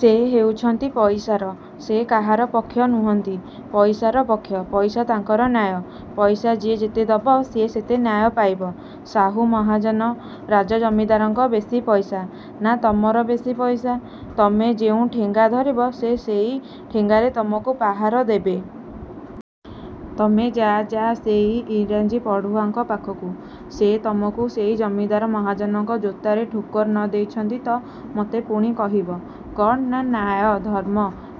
ସେ ହଉଚନ୍ତି ପଇସାର। ସେ କାହାର ପକ୍ଷ ନୁହନ୍ତି–ପଇସାର ପକ୍ଷ। ପଇସା ତାଙ୍କର ନ୍ୟାୟ। ପଇସା ଯିଏ ଯେତେଦବ ସିଏ ସେତେ ନ୍ୟାୟ ପାଇବ। ସାହୁ ମହାଜନ, ରଜା ଜମିଦାରଙ୍କର ବେଶି ପଇସା–ନା ତମର ବେଶି ପଇସା? ତମେ ଯେଉଁ ଠେଙ୍ଗା ଧରିବ ସେ ସେଇ ଠେଙ୍ଗାରେ ତମକୁ ପାହାର ଦେବେ। ତମେ। ଯା–ଯା ସେଇ ଇଂରେଜୀ ପାଠୁଆଙ୍କ ପାଖକୁ। ସେ ତମକୁ ସେଇ ଜମିଦାର ମହାଜନଙ୍କ ଜୋତାରେ ଠୋକର ନ ଦେଇଚନ୍ତି ତ ମୋତେ ପୁଣି କହିବ। କ'ଣ ନା–ନ୍ୟାୟ, ଧର୍ମ।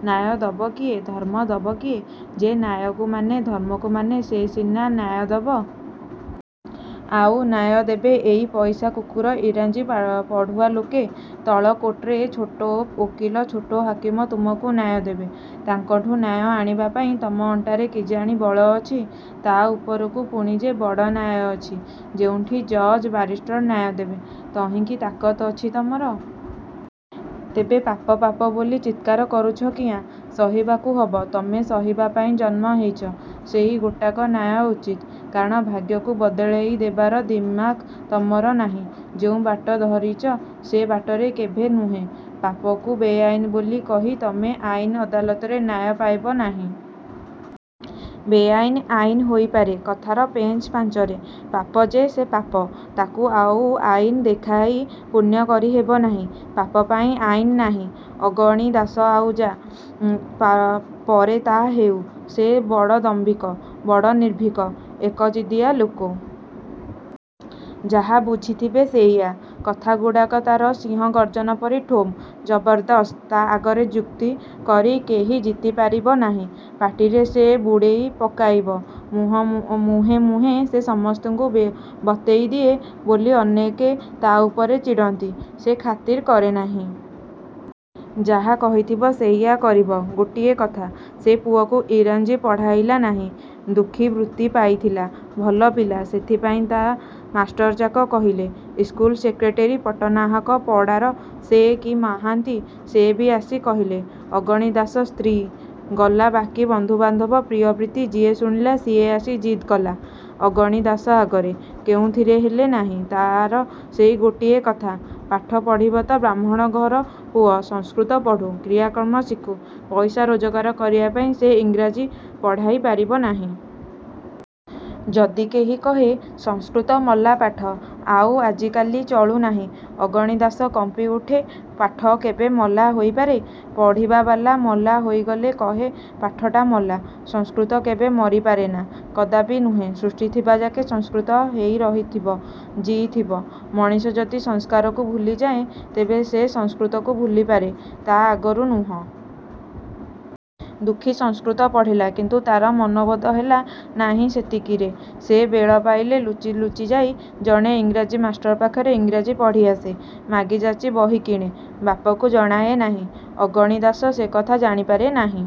ନ୍ୟାୟ ଦବ କିଏ? ଧର୍ମ ଦବ କିଏ? ଯେ ନ୍ୟାୟକୁ ମାନେ, ଧର୍ମକୁ ମାନେ, ସେ ସିନା ନ୍ୟାୟ ଦବ। ଆଉ ନ୍ୟାୟ ଦେବେ ଏଇ ପଇସା କୁକୁର ଇଂରାଜୀ ପାଠୁଆ ଲୋକେ? ତଳ କୋଟ୍ରେ ଛୋଟ ଓକିଲ ଛୋଟ ହାକିମ ତମକୁ ନ୍ୟାୟ ଦେବେ। ତାଙ୍କଠୁ ନ୍ୟାୟ ଆଣିବାପାଇଁ ତମ ଅଣ୍ଟାରେ କିଜାଣି ବଳ ଅଛି। ତା' ଉପରକୁ ପୁଣି ଯେ ବଡ଼ ନ୍ୟାୟ ଅଛି ଯେଉଁଠି ଜଜ୍ ବାରିଷ୍ଟର ନ୍ୟାୟ ଦେବେ–ତହିଁକି ତାକତ ଅଛି ତମର? ତେବେ ପାପ ପାପ ବୋଲି ଚିତ୍କାର କରୁଚ କିଆଁ? ସହିବାକୁ ହବ। ତମେ ସହିବାପାଇଁ ଜନ୍ମ ହେଇଚ। ସେଇ ଗୋଟାକ ନ୍ୟାୟ–ଉଚିତ। କାରଣ ଭାଗ୍ୟକୁ ବଦଳେଇ ଦେବାର ଦିମାକ ତମର ନାହିଁ। ଯେଉଁ ବାଟ ଧରିଚ ସେ ବାଟରେ କେଭେ ନୁହେଁ। ପାପକୁ ବେଆଇନ୍ ବୋଲି କହି ତମେ ଆଇନ ଅଦାଲତରେ ନ୍ୟାୟ ପାଇବ ନାହିଁ। ବେଆଇନ୍ ଆଇନ ହୋଇପାରେ କଥାର ପେଞ୍ଚ ପାଞ୍ଚରେ–ପାପ ଯେ ସେ ପାପ। ତାକୁ ଆଉ ଆଇନ ଦେଖାଇ ପୁଣ୍ୟ କରି ହେବ ନାହିଁ। ପାପପାଇଁ ଆଇନ ନାହିଁ। '' ଅଗଣି ଦାଶ ଆଉ ଯା' ପାରେ ତା' ହେଉ–ସେ ବଡ଼ ଦାମ୍ଭିକ–ବଡ଼ ନିର୍ଭୀକ। ଏକଜିଦିଆ ଲୋକ। ଯାହା ବୁଝିଥିବ ସେଇୟା। କଥାଗୁଡ଼ାକ ତା'ର ସିଂହ ଗର୍ଜନ ପରି ଠୋମ୍–ଜବରଦସ୍ତ। ତା' ଆଗରେ ଯୁକ୍ତି କରି କେହି ଜିତି ପାରିବ ନାହିଁ। ପାଟିରେ ସେ ବୁଡ଼େଇ ପକାଇବ-। ମୁହେଁ ମୁହେଁ ସେ ସମସ୍ତଙ୍କୁ ବତେଇ ଦିଏ ବୋଲି ଅନେକେ ତା' ଉପରେ ଚିଡ଼ନ୍ତି। ସେ ଖାତିର କରେ ନାହିଁ। ଯାହା କହିଥିବ ସେଇୟା କରିବ। ଗୋଟେ କଥା। ସେ ପୁଅକୁ ଇଂରାଜୀ ପଢ଼ାଇଲା ନାହିଁ। ଦୁଃଖୀ ବୃତ୍ତି ପାଇଥିଲା–ଭଲ ପିଲା–ସେଥିପାଇଁ ତା' ମାଷ୍ଟରଯାକ କହିଲେ, ଇସ୍କୁଲ ସେକ୍ରେଟେରୀ ପଟ୍ଟନାହାକ ପଡ଼ାର ସେ କି ମହାନ୍ତି, ସେ ବି ଆସି କହିଲେ, ଅଗଣି ଦାଶ ସ୍ତ୍ରୀ, ଗଲା ବାକି ବନ୍ଧୁବାନ୍ଧବ ପ୍ରିୟାପ୍ରୀତି ଯିଏ ଶୁଣିଲା ସିଏ ଆସି ଜିଦ୍ କଲା ଅଗଣି ଦାଶ ଆଗରେ–କେଉଁଥିରେ ହେଲା ନାହିଁ, ତା'ର ସେଇ ଗୋଟିଏ କଥା ପାଠ ପଢ଼ିବ ତ ବାହ୍ମଣ ଘର ପୁଅ ସଂସ୍କୃତ ପଢ଼ୁ–କ୍ରିୟାକର୍ମ ଶିଖୁ–ପଇସା ରୋଜଗାର କରିବାପାଇଁ ସେ ଇଂରେଜୀ ପଢ଼ାଇ ପାରିବ ନାହିଁ। ଯଦି କେହି କହେ–'ସଂସ୍କୃତ ମଲା ପାଠ–ଆଉ ଆଜିକାଲି ଚଳୁ ନାହିଁ' ଅଗଣି ଦାଶ କମ୍ପି ଉଠେ–ପାଠ କେବେ ମଲା ହୋଇପାରେ–ପଢ଼ିବାବାଲା ମଲା ହୋଇଗଲେ କହେ ପାଠଟା ମଲା। ସଂସ୍କୃତ କେବେ ମରି ପାରେନା–କଦାପି ନୁହେଁ। ସୃଷ୍ଟିଥିବା ଯାକେ ସଂସ୍କୃତ ହେଇ ରହିଥିବ–ଜିଇଥିବ। ମଣିଷ ଯଦି ସଂସ୍କାରକୁ ଭୁଲି ଯାଏଁ, ତେବେ ସେ ସଂସ୍କୃତକୁ ଭୁଲିପାରେ–ତା' ଆଗରୁ ନୁହେଁ। ଦୁଃଖୀ ସଂସ୍କୃତ ପଢ଼ିଲା। କିନ୍ତୁ ତା'ର ମନବୋଧ ହେଲା ନାହିଁ ସେତିକିରେ। ସେ ବେଳପାଇଲେ ଲୁଚି ଲୁଚି ଯାଇ ଜଣେ ଇଂରାଜୀ ମାଷ୍ଟର ପାଖରେ ଇଂରାଜୀ ପଢ଼ି ଆସେ। ମାଗି ଯାଚି ବହି କିଣେ। ବାପକୁ ଜଣାଏ ନାହିଁ। ଅଗଣି ଦାଶ ସେ କଥା ଜାଣିପାରେ ନାହିଁ।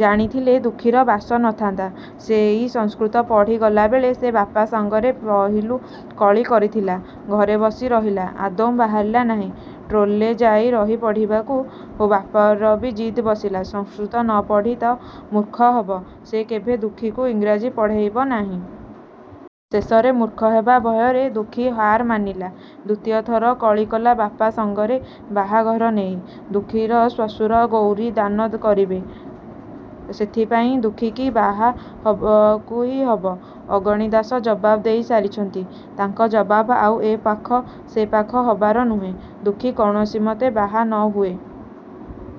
ଜାଣିଥିଲେ ଦୁଃଖୀର ବାସ ନ ଥାନ୍ତା। ସେଇ ସଂସ୍କୃତ ପଢ଼ି ଗଲାବେଳେ ସେ ବାପ ସଙ୍ଗରେ ପହିଲୁ କଳି କରିଥିଲା। ଘରେ ବସି ରହିଲା। ଆଦୌ ବାହାରିଲା ନାହିଁ–ଟୋଲ୍ରେ ଯାଇ ରହି ପଢ଼ିବାକୁ। ବାପରବି ଜିଦ୍ ବସିଲା–ସଂସ୍କୃତ ନ ପଢ଼ିବ ତ ମୂର୍ଖ ହବ–ସେ କେଭେ ଦୁଃଖୀକୁ ଇଂରେଜୀ ପଢ଼େଇବ ନାହିଁ। ଶେଷରେ ମୂର୍ଖ ହେବା ଭୟରେ ଦୁଃଖୀ ହାର ମାନିଲା। ଦ୍ୱିତୀୟ ଥର କଳିକଲା ବାପ ସଙ୍ଗରେ ବାହାଘର ନେଇ। ଦୁଃଖୀର ଶ୍ୱଶୁର ଗୌରୀ ଦାନ କରିବେ। ସେଥିପାଇଁ ଦୁଃଖୀକି ବାହା ହବାକୁଇ ହବ। ଅଗଣି ଦାଶ ଜବାବ ଦେଇ ସାରିଚନ୍ତି-। ତାଙ୍କ ଜବାବ ଆଉ ଏ ପାଖ ସେ ପାଖ ହବାର ନୁହେଁ। ଦୁଃଖୀ କୌଣସିମତେ ବାହା ନ ହୁଏ-।